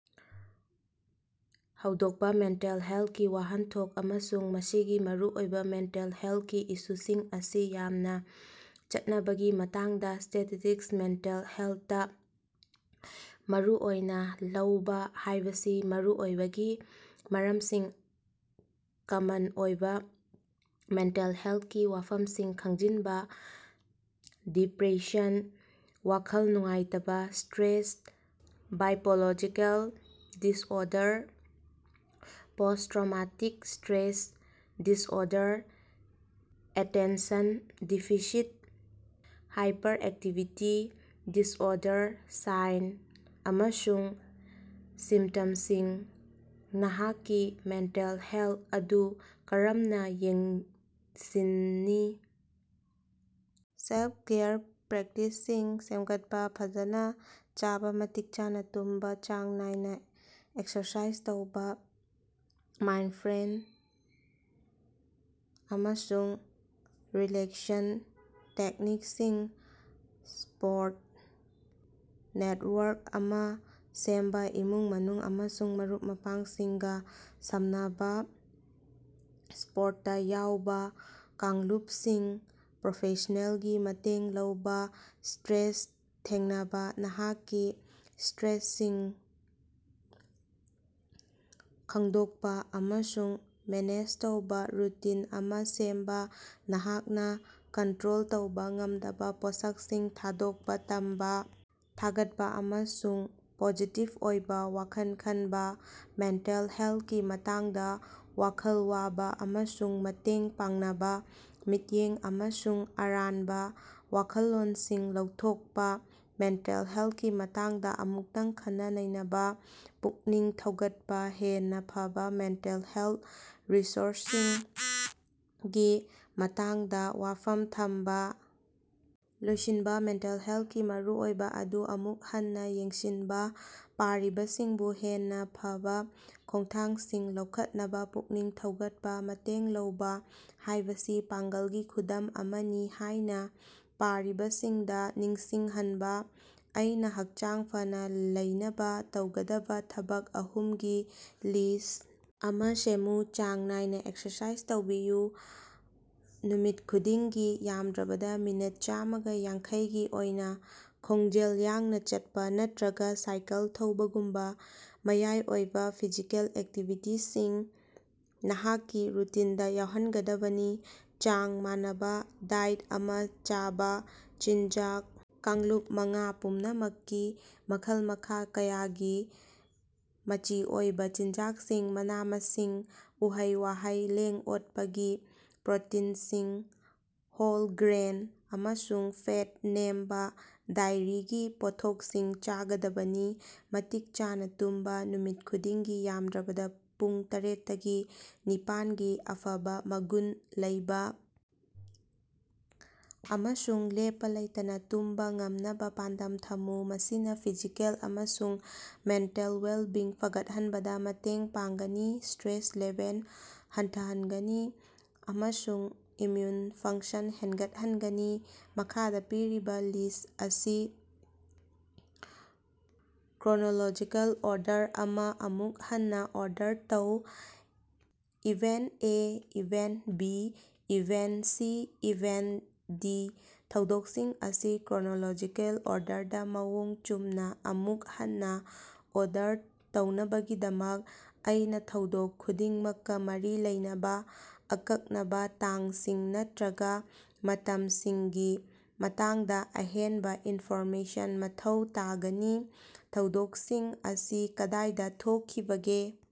ꯍꯧꯗꯣꯛꯄ ꯃꯦꯟꯇꯦꯜ ꯍꯦꯜꯀꯤ ꯋꯥꯍꯟꯊꯣꯛ ꯑꯃꯁꯨꯡ ꯃꯁꯤꯒꯤ ꯃꯔꯨꯑꯣꯏꯕ ꯃꯦꯟꯇꯦꯜ ꯍꯦꯜꯀꯤ ꯏꯁꯨꯁꯤꯡ ꯑꯁꯤ ꯌꯥꯝꯅ ꯆꯠꯅꯕꯒꯤ ꯃꯇꯥꯡꯗ ꯁ꯭ꯇꯦꯇꯤꯁ꯭ꯇꯤꯛꯁ ꯃꯦꯟꯇꯦꯜ ꯍꯦꯜꯇꯥ ꯃꯔꯨꯑꯣꯏꯅ ꯂꯧꯕ ꯍꯥꯏꯕꯁꯤ ꯃꯔꯨꯑꯣꯏꯕꯒꯤ ꯃꯔꯝꯁꯤꯡ ꯀꯃꯟ ꯑꯣꯏꯕ ꯃꯦꯟꯇꯦꯜ ꯍꯦꯜꯀꯤ ꯋꯥꯐꯝꯁꯤꯡ ꯈꯪꯖꯤꯟꯕ, ꯗꯤꯄꯔꯦꯁꯟ, ꯋꯥꯈꯜ ꯅꯨꯡꯉꯥꯏꯇꯕ, stress, biological disorder, posttraumatic stress disorder, attention deficit hyperactivity disorder, sign ꯑꯃꯁꯨꯡ ꯁꯤꯝꯇꯝꯁꯤꯡ, ꯅꯍꯥꯛꯀꯤ ꯃꯦꯟꯇꯦꯜ ꯍꯦꯜ ꯑꯗꯨ ꯀꯔꯝꯅ ꯌꯦꯡꯁꯤꯅꯤ. ꯁꯦꯜ-ꯀꯦꯌꯔ ꯄ꯭ꯔꯦꯛꯇꯤꯁꯁꯤꯡ ꯁꯦꯝꯒꯠꯄꯥ ꯐꯖꯅꯥ ꯆꯥꯕ ꯃꯇꯤꯛ ꯆꯥꯅ ꯇꯨꯝꯕꯥ ꯆꯥꯡ ꯅꯥꯏꯅꯥ ꯑꯦꯛꯁꯔꯁꯥꯏꯖ ꯇꯧꯕꯥ ꯃꯥꯏꯟꯗꯐ꯭ꯔꯦꯟꯗ ꯑꯃꯁꯨꯡ ꯔꯤꯂꯦꯛꯁꯟ ꯇꯦꯛꯅꯤꯛꯁꯤꯡ. ꯁꯄꯣꯔꯠ ꯅꯦꯇꯋꯥꯔꯛ ꯑꯃ ꯁꯦꯝꯕꯥ ꯏꯃꯨꯡ-ꯃꯅꯨꯡ ꯑꯃꯁꯨꯡ ꯃꯔꯨꯞ-ꯃꯄꯥꯡꯁꯤꯡꯒ ꯁꯝꯅꯕꯥ ꯁꯄꯣꯔꯇꯥ ꯌꯥꯎꯕ꯫ ꯀꯥꯡꯂꯨꯞꯁꯤꯡ ꯄ꯭ꯔꯣꯐꯦꯁ꯭ꯅꯦꯜꯒꯤ ꯃꯇꯦꯡ ꯂꯧꯕ. ꯁ꯭ꯇꯔꯦꯁ ꯊꯦꯡꯅꯕꯥ ꯅꯍꯥꯛꯀꯤ ꯁ꯭ꯇꯔꯦꯁꯔꯁꯤꯡ ꯈꯪꯗꯣꯛꯄꯥ ꯑꯃꯁꯨꯡ ꯃꯦꯅꯦꯖ ꯇꯧꯕ ꯔꯨꯇꯤꯟ ꯑꯃ ꯁꯦꯝꯕꯥ ꯅꯍꯥꯛꯅ ꯀꯟꯇꯔꯣꯜ ꯇꯧꯕ ꯉꯝꯗꯕꯥ ꯄꯣꯠꯁꯛꯁꯤꯡ ꯊꯥꯗꯣꯛꯄ ꯇꯝꯕꯥ. ꯊꯥꯒꯠꯄ ꯑꯃꯁꯨꯡ ꯄꯣꯖꯤꯇꯤꯚ ꯑꯣꯏꯕ ꯋꯥꯈꯜ ꯈꯟꯕꯥ. ꯃꯦꯟꯇꯦꯜ ꯍꯦꯜꯇꯀꯤ ꯃꯇꯥꯡꯗ ꯋꯥꯈꯜ ꯋꯥꯕ ꯑꯃꯁꯨꯡ ꯃꯇꯦꯡ ꯄꯥꯡꯅꯕꯥ. ꯃꯤꯠꯌꯦꯡ ꯑꯃꯁꯨꯡ ꯑꯔꯥꯟꯕ ꯋꯥꯈꯜꯂꯣꯟꯁꯤꯡ ꯂꯧꯊꯣꯛꯄ. ꯃꯦꯟꯇꯦꯜ ꯍꯦꯜꯇꯀꯤ ꯃꯇꯥꯡꯗ ꯑꯃꯨꯛꯇꯪ ꯈꯟꯅ-ꯅꯩꯅꯕꯥ ꯄꯨꯛꯅꯤꯡ ꯊꯧꯒꯠꯄꯥ. ꯍꯦꯟꯅꯥ ꯐꯕꯥ ꯃꯦꯟꯇꯦꯜ ꯍꯦꯜꯇ ꯔꯤꯁꯣꯔꯁꯁꯤꯡꯒꯤ ꯃꯇꯥꯡꯗ ꯋꯥꯐꯝ ꯊꯝꯕꯥ. ꯂꯣꯏꯁꯤꯟꯕꯥ. ꯃꯦꯟꯇꯦꯜ ꯍꯦꯜꯇꯀꯤ ꯃꯔꯨꯑꯣꯏꯕ ꯑꯗꯨ ꯑꯃꯨꯛ ꯍꯟꯅꯥ ꯌꯦꯡꯁꯤꯟꯕ ꯄꯥꯔꯤꯕꯁꯤꯡꯕꯨ ꯍꯦꯟꯅꯥ ꯐꯕꯥ ꯈꯣꯡꯊꯥꯡꯁꯤꯡ ꯂꯧꯈꯠꯅꯕꯥ ꯄꯨꯛꯅꯤꯡ ꯊꯧꯒꯠꯄꯥ꯫ ꯃꯇꯦꯡ ꯂꯧꯕ ꯍꯥꯏꯕꯁꯤ ꯄꯥꯡꯒꯜꯒꯤ ꯈꯨꯗꯝ ꯑꯃꯅꯤ ꯍꯥꯏꯅꯥ ꯄꯥꯔꯤꯕꯁꯤꯡꯗꯥ ꯅꯤꯡꯁꯤꯡ ꯍꯟꯕꯥ꯫ ꯑꯩꯅꯥ ꯍꯛꯆꯥꯡ ꯐꯅꯥ ꯂꯩꯅꯕ ꯇꯧꯒꯗꯕꯥ ꯊꯕꯛ ꯑꯍꯨꯝꯒꯤ ꯂꯤꯁ ꯑꯃ ꯁꯦꯝꯃꯨ꯫ ꯆꯥꯡ ꯅꯥꯏꯅ ꯑꯦꯛꯁꯔꯁꯥꯏꯖ ꯇꯧꯕꯤꯌꯨ: ꯅꯨꯃꯤꯠ ꯈꯨꯗꯤꯡꯒꯤ ꯌꯥꯝꯗ꯭ꯔꯕꯗ ꯃꯤꯅꯠ ꯆꯥꯝꯃꯒ ꯌꯥꯡꯈꯩ ꯒꯤ ꯑꯣꯏꯅ ꯈꯣꯡꯖꯦꯜ ꯌꯥꯡꯅ ꯆꯠꯄꯥ ꯅꯠꯇꯔꯒ ꯁꯥꯏꯀꯜ ꯊꯧꯕꯒꯨꯝꯕꯥ ꯃꯌꯥꯏ ꯑꯣꯏꯕ ꯐꯤꯖꯤꯀꯦꯜ ꯑꯦꯛꯇꯤꯚꯤꯇꯤꯁꯤꯡ ꯅꯍꯥꯛꯀꯤ ꯔꯨꯇꯤꯟꯗꯥ ꯌꯥꯎꯍꯟꯒꯗꯕꯅꯤ꯫ ꯆꯥꯡ ꯃꯥꯟꯅꯕ ꯗꯥꯏꯠ ꯑꯃ ꯆꯥꯕ: ꯆꯤꯟꯖꯥꯛ ꯀꯥꯡꯂꯨꯞ ꯃꯉꯥ ꯄꯨꯝꯅꯃꯛꯀꯤ ꯃꯈꯜ-ꯃꯈꯥ ꯀꯌꯥꯒꯤ ꯃꯆꯤ ꯑꯣꯏꯕꯥ ꯆꯤꯟꯖꯥꯛꯁꯤꯡ ꯃꯅꯥ-ꯃꯁꯤꯡ, ꯎꯍꯩ-ꯋꯥꯍꯩ, ꯂꯦꯡ-ꯑꯣꯠꯄꯒꯤ ꯄ꯭ꯔꯣꯇꯤꯟꯁꯤꯡ, ꯍꯣꯜ ꯒ꯭ꯔꯦꯟ, ꯑꯃꯁꯨꯡ ꯐꯦꯠ ꯅꯦꯝꯕꯥ ꯗꯥꯏꯔꯤꯒꯤ ꯄꯣꯠꯊꯣꯛꯁꯤꯡ ꯆꯥꯒꯗꯕꯅꯤ꯫ ꯃꯇꯤꯛ ꯆꯥꯅ ꯇꯨꯝꯕꯥ: ꯅꯨꯃꯤꯠ ꯈꯨꯗꯤꯡꯒꯤ ꯌꯥꯝꯗ꯭ꯔꯕꯗ ꯄꯨꯡ ꯇꯔꯦꯠꯇꯒꯤ ꯅꯤꯄꯥꯟ ꯒꯤ ꯑꯐꯕꯥ ꯃꯒꯨꯟ ꯂꯩꯕ ꯑꯃꯁꯨꯡ ꯂꯦꯞꯄꯥ ꯂꯩꯇꯅꯥ ꯇꯨꯝꯕꯥ ꯉꯝꯅꯕꯥ ꯄꯥꯟꯗꯝ ꯊꯝꯃꯨ꯫ ꯃꯁꯤꯅꯥ ꯐꯤꯖꯤꯀꯦꯜ ꯑꯃꯁꯨꯡ ꯃꯦꯟꯇꯦꯜ ꯋꯦꯜꯕꯤꯡ ꯐꯒꯠꯍꯟꯕꯗꯥ ꯃꯇꯦꯡ ꯄꯥꯡꯒꯅꯤ, ꯁ꯭ꯇꯔꯦꯁ ꯂꯦꯚꯦꯜ ꯍꯟꯊꯍꯟꯒꯅꯤ ꯑꯃꯁꯨꯡ ꯏꯝꯃꯌꯨꯟ ꯐꯪꯁꯟ ꯍꯦꯒꯠꯍꯟꯒꯅꯤ꯫ ꯃꯈꯥꯗ ꯄꯤꯔꯤꯕꯥ ꯂꯤꯁ ꯑꯁꯤ ꯀ꯭ꯔꯣꯅꯣꯂꯣꯖꯤꯀꯦꯜ ꯑꯣꯔꯗꯔ ꯑꯃ ꯑꯃꯨꯛ ꯍꯟꯅꯥ ꯑꯣꯔꯗꯔ ꯇꯧ꯫ Event A, event B, event C, event D ꯊꯧꯗꯣꯛꯁꯤꯡ ꯑꯁꯤ ꯀ꯭ꯔꯣꯅꯣꯂꯣꯖꯤꯀꯦꯜ ꯑꯣꯔꯗꯔꯗꯥ ꯃꯑꯣꯡ ꯆꯨꯝꯅꯥ ꯑꯃꯨꯛ ꯍꯟꯅꯥ ꯑꯣꯔꯗꯔ ꯇꯧꯅꯕꯒꯤꯗꯃꯛ, ꯑꯩꯅ ꯊꯧꯗꯣꯛ ꯈꯨꯗꯤꯡꯃꯛꯀꯥ ꯃꯔꯤ ꯂꯩꯅꯕ ꯑꯀꯛꯅꯕꯥ ꯇꯥꯡꯁꯤꯡ ꯅꯠꯇꯔꯒꯥ ꯃꯇꯝꯁꯤꯡꯒꯤ ꯃꯇꯥꯡꯗ ꯑꯍꯦꯟꯕꯥ ꯏꯟꯐꯣꯔꯃꯦꯁꯟ ꯃꯊꯧ ꯇꯥꯒꯅꯤ꯫ ꯊꯧꯗꯣꯛꯁꯤꯡ ꯑꯁꯤ ꯀꯗꯥꯏꯗ ꯊꯣꯛꯈꯤꯕꯒꯦ?